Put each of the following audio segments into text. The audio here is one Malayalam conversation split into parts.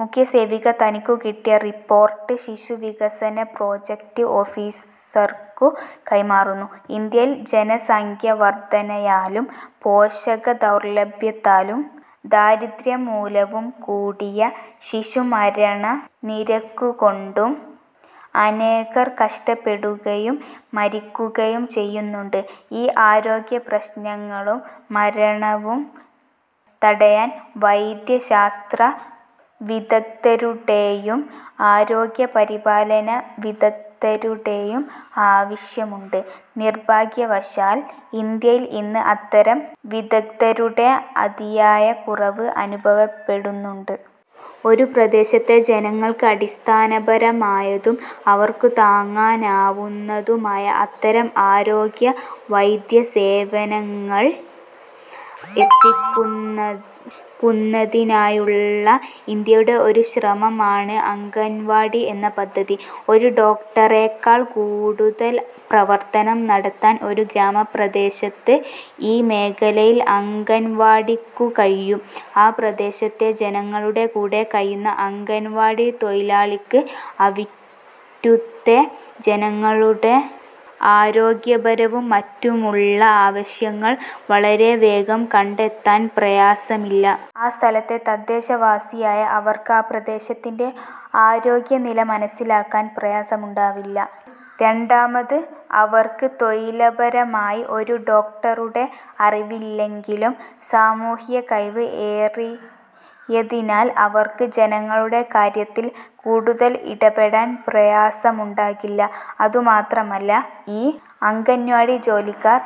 മുഖ്യസേവിക തനിക്കുകിട്ടിയ റിപ്പോർട്ട് ശിശുവികസന പ്രൊജക്റ്റ് ഓഫീസർക്കു കൈമാറുന്നു. ഇന്ത്യയിൽ ജനസംഖ്യവർദ്ധനയാലും പോഷകദൗർലഭ്യത്താലും ദാരിദ്ര്യം മൂലവും കൂടിയ ശിശുമരണനിരക്കുകൊണ്ടും അനേകർ കഷ്ടപ്പെടുകയും മരിക്കുകയും ചെയ്യുന്നുണ്ട്. ഈ ആരോഗ്യപ്രശ്നങ്ങളും മരണവും തടയാൻ വൈദ്യശാസ്ത്രവിദഗ്ദ്ധരുടെയും ആരോഗ്യപരിപാലന വിദഗ്ദ്ധരുടെയും ആവശ്യമുണ്ട്. നിർഭാഗ്യവശാൽ, ഇന്ത്യയിൽ ഇന്ന് അത്തരം വിദഗ്ദ്ധരുടെ അതിയായ കുറവ് അനുഭവപ്പെടുന്നുണ്ട്. ഒരു പ്രദേശത്തെ ജനങ്ങൾക്ക് അടിസ്ഥാനപരമായതും അവർക്കു താങ്ങാവുന്നതുമായ അത്തരം ആരോഗ്യ വൈദ്യസേവനങ്ങൾ എത്തിക്കുന്നതിനായുള്ള ഇന്ത്യയുടെ ഒരു ശ്രമം ആണ് അംഗൻവാടി എന്ന പദ്ധതി. ഒരു ഡോക്ടറേക്കാൾ കൂടുതൽ പ്രവർത്തനം നടത്താൻ ഒരു ഗ്രാമപ്രദേശത്ത് ഈ മേഖലയിൽ അംഗൻവാടിക്കു കഴിയും. ആ പ്രദേശത്തെ ജനങ്ങളുടെ കൂടെ കഴിയുന്ന അംഗൻവാടി തൊഴിലാളിക്ക് അവിറ്റുത്തെ ജനങ്ങളുടെ ആരോഗ്യപരവും മറ്റുമുള്ള ആവശ്യങ്ങൾ വളരെവേഗം കണ്ടെത്താൻ പ്രയാസമില്ല. ആ സ്ഥലത്തെ തദ്ദേശവാസിയായ അവർക്ക് ആ പ്രദേശത്തിന്റെ ആരോഗ്യനില മനസ്സിലാക്കാൻ പ്രയാസമുണ്ടാവില്ല. രണ്ടാമത്, അവർക്ക് തൊഴില്പരമായി ഒരു ഡോക്ടറുടെ അറിവില്ലെങ്കിലും സാമൂഹ്യകഴിവ് ഏറിയതിനാൽ അവർക്ക് ജനങ്ങളുടെ കാര്യത്തിൽ കൂടുതൽ ഇടപെടാൻ പ്രയാസമുണ്ടാകില്ല. അതുമാത്രമല്ല ഈ അംഗന്വാടി ജോലിക്കാർ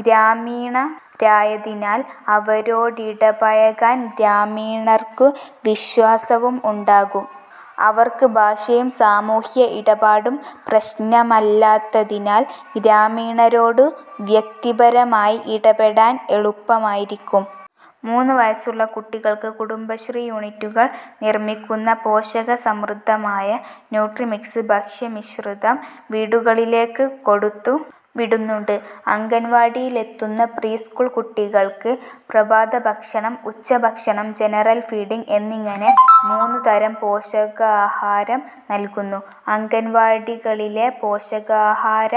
ഗ്രാമീണരായതിനാൽ അവരോടിടപഴകാൻ ഗ്രാമീണർക്ക് വിശ്വാസവും ഉണ്ടാകും. അവർക്ക് ഭാഷയും സാമൂഹ്യ ഇടപാടും പ്രശ്നമല്ലാത്തതിനാൽ ഗ്രാമീണരോടു വ്യക്തിപരമായി ഇടപെടാൻ എളുപ്പമായിരിക്കും. മൂന്നു വയസ്സുള്ള കുട്ടികൾക്ക് കുടുംബശ്രീ യൂണിറ്റുകൾ നിർമ്മിക്കുന്ന പോഷക സമൃദ്ധമായ 'ന്യൂട്രിമിക്സ്' ഭക്ഷ്യമിശ്രിതം വീടുകളിലേക്ക് കൊടുത്തുവിടുന്നുണ്ട്. അംഗൻവാടിയിലെത്തുന്ന പ്രീ സ്കൂൾ കുട്ടികൾക്ക് പ്രഭാതഭക്ഷണം, ഉച്ചഭക്ഷണം, ജനറൽ ഫീഡിംഗ് എന്നിങ്ങനെ മൂന്നുതരം പോഷകാഹാരം നൽകുന്നു. അംഗൻവാടികളിലെ പോഷകാഹാര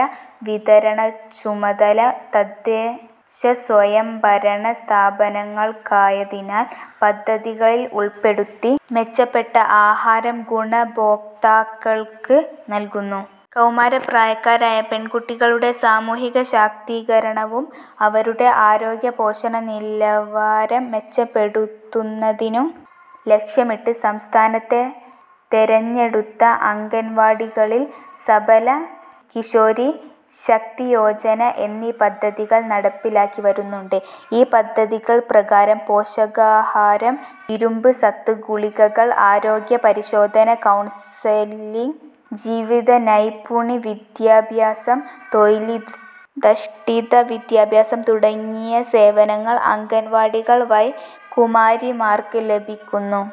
വിതരണച്ചുമതല തദ്ദേശ സ്വയംഭരണ സ്ഥാപനങ്ങൾക്കായതിനാൽ പദ്ധതികളിൽ ഉൾപ്പെടുത്തി മെച്ചപ്പെട്ട ആഹാരം ഗുണഭോക്താക്കൾക്ക് നൽകുന്നു. കൗമാരപ്രായക്കാരായ പെൺകുട്ടികളുടെ സാമൂഹിക ശാക്തീകരണവും, അവരുടെ ആരോഗ്യ പോഷണ നിലവാരം മെച്ചപ്പെടുത്തുന്നതിനും ലക്ഷ്യമിട്ട്, സംസ്ഥാനത്തെ തെരഞ്ഞെടുത്ത അംഗൻവാടികളിൽ, 'സബല' 'കിഷോരി ശക്തിയോജന' എന്നീ പദ്ധതികൾ നടപ്പിലാക്കി വരുന്നുണ്ട്. ഈ പദ്ധതികൾ പ്രകാരം, പോഷകാഹാരം, ഇരുമ്പ് സത്ത് ഗുളികകൾ, ആരോഗ്യ പരിശോധന, കൗൺസലിംഗ്, ജീവിത നൈപുണി വിദ്യാഭ്യാസം, തൊഴിലിധഷ്ഠിത വിദ്യാഭ്യാസം തുടങ്ങിയ സേവനങ്ങൾ അംഗൻവാടികൾ വഴി കുമാരിമാർക്ക് ലഭിക്കുന്നു.